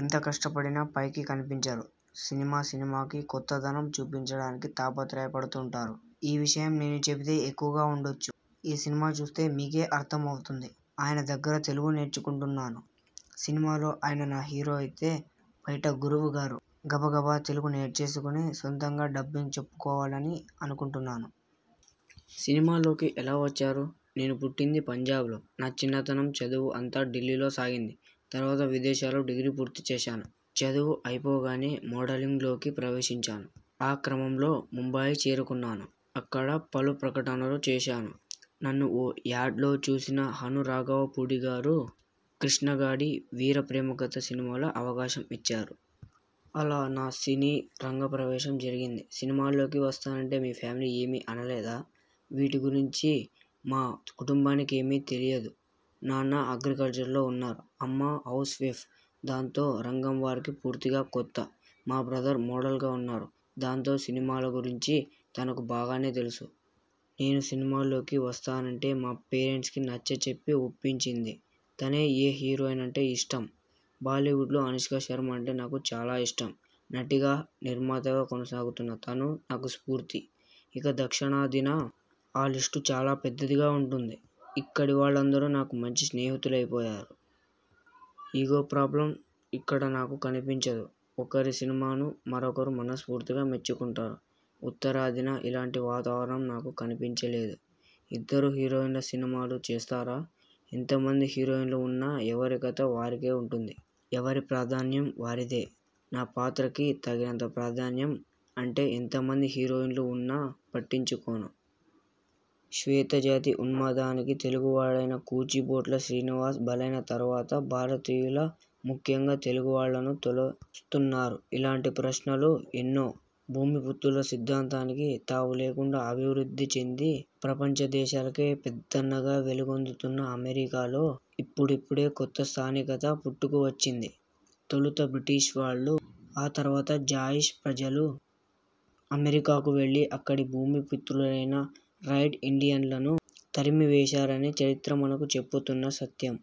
ఎంత కష్టపడినా, పైకి కనిపించరు. సినిమా సినిమాకీ కొత్తదనం చూపించడానికి తాపత్రయపడుతుంటారు. ఈ విషయం నేను చెబితే ఎక్కువగా ఉండొచ్చు, ఈ సినిమా చూస్తే మీకే అర్థమవుతుంది. ఆయన దగ్గర తెలుగు నేర్చుకుంటున్నాను. సినిమాలో ఆయన నా హీరో అయితే బయట గురువుగారు. గబగబా తెలుగు నేర్చేసుకుని సొంతగా డబ్బింగ్ చెప్పుకోవాలని అనుకుంటున్నాను. సినిమాల్లోకి ఎలా వచ్చారు? నేను పుట్టింది పంజాబ్లో. నా చిన్నతనం, చదువూ అంతా ఢిల్లీలోనే సాగింది. తరువాత విదేశాల్లో డిగ్రీ పూర్తి చేశాను. చదువు అయిపోగానే మోడలింగ్లోకి ప్రవేశించాను. ఆ క్రమంలో ముంబాయి చేరుకున్నాను. అక్కడ పలు ప్రకటనలు చేశాను. నన్ను ఓ యాడ్లో చూసిన హను రాఘవపూడిగారు 'కృష్ణగాడి వీర ప్రేమ గాథ' సినిమాలో అవకాశం ఇచ్చారు. అలా నా సినీ రంగ ప్రవేశం జరిగింది. సినిమాల్లోకి వస్తానంటే మీ ఫ్యామిలీ ఏమీ అనలేదా? వీటి గురించి మా కుటుంబానికేమీ తెలియదు. నాన్న అగ్రికల్చర్లో ఉన్నారు. అమ్మ హౌస్వైఫ్. దాంతో ఈ రంగం వారికి పూర్తిగా కొత్త. మా బ్రదర్ మోడల్గా ఉన్నారు. దాంతో సినిమాల గురించి తనకు బాగానే తెలుసు. నేను సినిమాల్లోకి వస్తానంటే మా పేరెంట్స్కి నచ్చచెప్పి ఒప్పించింది. తనే! ఏ హీరోయిన్ అంటే ఇష్టం? బాలీవుడ్లో అనుష్కశర్మ అంటే నాకు చాలా ఇష్టం. నటిగా, నిర్మాతగా కొనసాగుతున్న తను నాకు స్ఫూర్తి. ఇక దక్షిణాదిన ఆ లిస్టు చాలా పెద్దదిగానే ఉంటుంది. ఇక్కడి వాళ్ళు అందరూ నాకు మంచి స్నేహితులైపోయారు. ఇగో ప్రాబ్లం ఇక్కడ నాకు కనిపించదు. ఒకరి సినిమాను మరొకరు మనస్పూర్తిగా మెచ్చుకుంటారు. ఉత్తరాదిన ఇలాంటి వాతావరణం నాకు కనిపించలేదు. ఇద్దరు హీరోయిన్ల సినిమాలు చేస్తారా? ఎంత మంది హీరోయిన్లు ఉన్నా ఎవరి కథ వారికే ఉంటుంది. ఎవరి ప్రాధాన్యం వారిదే! నా పాత్రకీ తగినంత ప్రాధాన్యం ఉంటే ఎంత మంది హీరోయిన్లు ఉన్నా పట్టించుకోను. శ్వేత జాతి ఉన్మాదానికి తెలుగువాడైన కూచిభొట్ల శ్రీనివాస్ బలైన తర్వాత భారతీయులు, ముఖ్యంగా తెలుగువాళ్లను తొలుస్తున్న ఇలాంటి ప్రశ్నలు ఎన్నో! భూమిపుత్రుల సిద్ధాంతానికి తావు లేకుండా అభివృద్ధి చెంది ప్రపంచ దేశాలకే పెద్దన్నగా వెలుగొందుతున్న అమెరికాలో ఇప్పుడిప్పుడే కొత్తగా స్థానికత పుట్టుకువచ్చింది. తొలుత బ్రిటిష్వాళ్లు, ఆ తర్వాత జూయిష్ ప్రజలు అమెరికాకు వెళ్లి అక్కడి భూమిపుత్రులైన రెడ్ ఇండియన్లను తరిమివేశారని చరిత్ర మనకు చెబుతున్న సత్యం.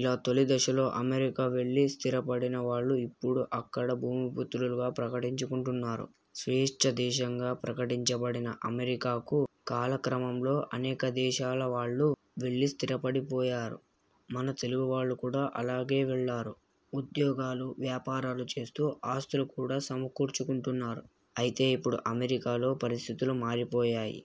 ఇలా తొలి దశలో అమెరికా వెళ్లి స్థిరపడిన వాళ్లు ఇప్పుడు అక్కడ భూమిపుత్రులుగా ప్రకటించుకుంటున్నారు. స్వేచ్ఛా దేశంగా ప్రకటించబడిన అమెరికాకు కాలక్రమంలో అనేక దేశాలవాళ్లు వెళ్లి స్థిరపడిపోయారు. మన తెలుగువాళ్లు కూడా అలాగే వెళ్లారు. ఉద్యోగాలు, వ్యాపారాలు చేస్తూ ఆస్తులు కూడా సమకూర్చుకుంటున్నారు. అయితే ఇప్పుడు అమెరికాలో పరిస్థితులు మారిపోయాయి.